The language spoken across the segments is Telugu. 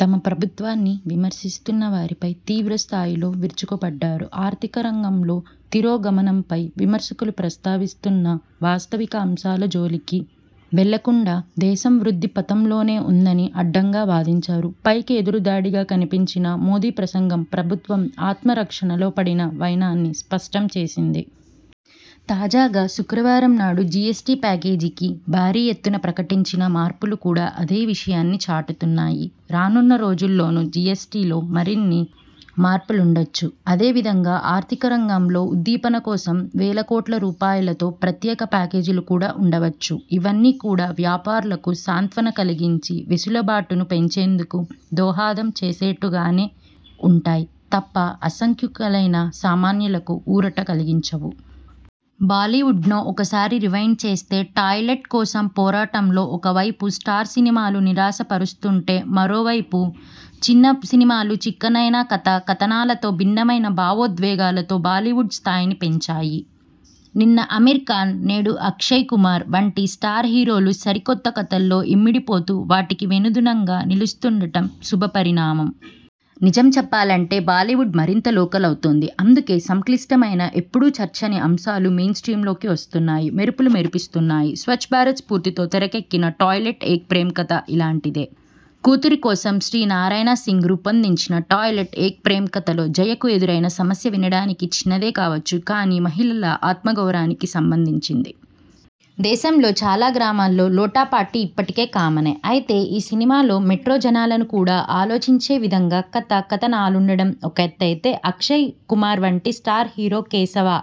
తమ ప్రభుత్వాన్ని విమర్శిస్తున్న వారిపై తీవ్రస్థాయిలో విరుచుకుపడ్డారు. ఆర్థిక రంగంలో తిరోగమనంపై విమర్శకులు ప్రస్తావిస్తున్న వాస్తవిక అంశాల జోలికి వెళ్లకుండా, దేశం వృద్ధి పథంలోనే ఉందని అడ్డంగా వాదించారు. పైకి ఎదురుదాడిగా కనిపించినా మోదీ ప్రసంగం ప్రభుత్వం ఆత్మ రక్షణలో పడిన వైనాన్ని స్పష్టం చేసింది. తాజాగా శుక్రవారం నాడు జిఎస్టి ప్యాకేజీకి భారీ ఎత్తున ప్రకటించిన మార్పులు కూడా అదే విషయాన్ని చాటుతున్నాయి. రానున్న రోజుల్లోనూ జిఎస్టిలో మరిన్ని మార్పులుండొచ్చు. అదే విధంగా ఆర్థిక రంగంలో ఉద్దీపన కోసం వేల కోట్ల రూపాయలతో ప్రత్యేక ప్యాకేజీలు కూడా ఉండవచ్చు. ఇవన్నీ కూడా వ్యాపారులకు సాంత్వన కలిగించి, వెసులుబాటును పెంచేందుకు దోహదం చేసేట్టుగానే ఉంటాయే తప్ప అసంఖ్యాకులైన సామాన్యులకు ఊరట కలిగించవు. బాలీవుడ్ను ఒకసారి రివైండ్ చేస్తే 'టాయ్లెట్' కోసం పోరాటం లో ఒకవైపు స్టార్ల సినిమాలు నిరాశపరుస్తుంటే మరోవైపు చిన్న సినిమాలు చిక్కనైన కథ, కథనాలతో భిన్నమైన భావోద్వేగాలతో బాలీవుడ్ స్థాయిని పెంచాయి. నిన్న ఆమిర్ఖాన్, నేడు అక్షయ్కుమార్ వంటి స్టార్ హీరోలు సరికొత్త కథల్లో ఇమిడిపోతూ వాటికి వెన్నుదన్నుగా నిలుస్తుండటం శుభపరిణామం. నిజం చెప్పాలంటే బాలీవుడ్ మరింత 'లోకల్' అవుతోంది. అందుకే సంక్లిష్టమైన, ఎప్పుడూ చర్చించని అంశాలు మెయిన్స్ట్రీమ్లోకి వస్తున్నాయి. మెరుపులు మెరిపిస్తున్నాయి. స్వచ్ఛభారత్ స్ఫూర్తితో తెరకెక్కిన 'టాయ్లెట్: ఏక్ ప్రేమ్కథ' ఇలాంటిదే. కూతురు కోసం శ్రీ నారాయణ్సింగ్ రూపొందించిన 'టాయ్లెట్: ఏక్ ప్రేమ్కథ'లో జయ కు ఎదురైన సమస్య వినడానికి చిన్నదే కావొచ్చు కానీ మహిళల ఆత్మగౌరవానికి సంబంధించినది. దేశంలో చాలా గ్రామాల్లో 'లోటాపార్టీ' ఇప్పటికీ కామనే. అయితే ఈ సినిమలో మెట్రో జనాలను కూడా ఆలోచించే విధంగా కథ, కథనాలుండటం ఒకెత్తయితే, అక్షయ్కుమార్ వంటి స్టార్ హీరో 'కేశవ'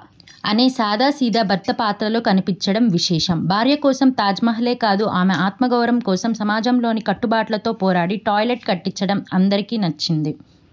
అనే సాదాసీదా భర్త పాత్రలో కనిపించడం విశేషం. భార్య కోసం తాజ్మహల్ కాదు ఆమె ఆత్మగౌరవం కోసం సమాజంలోని కట్టుబాట్లతో పోరాడి 'టాయ్లెట్' కట్టించడం అందరికీ నచ్చింది.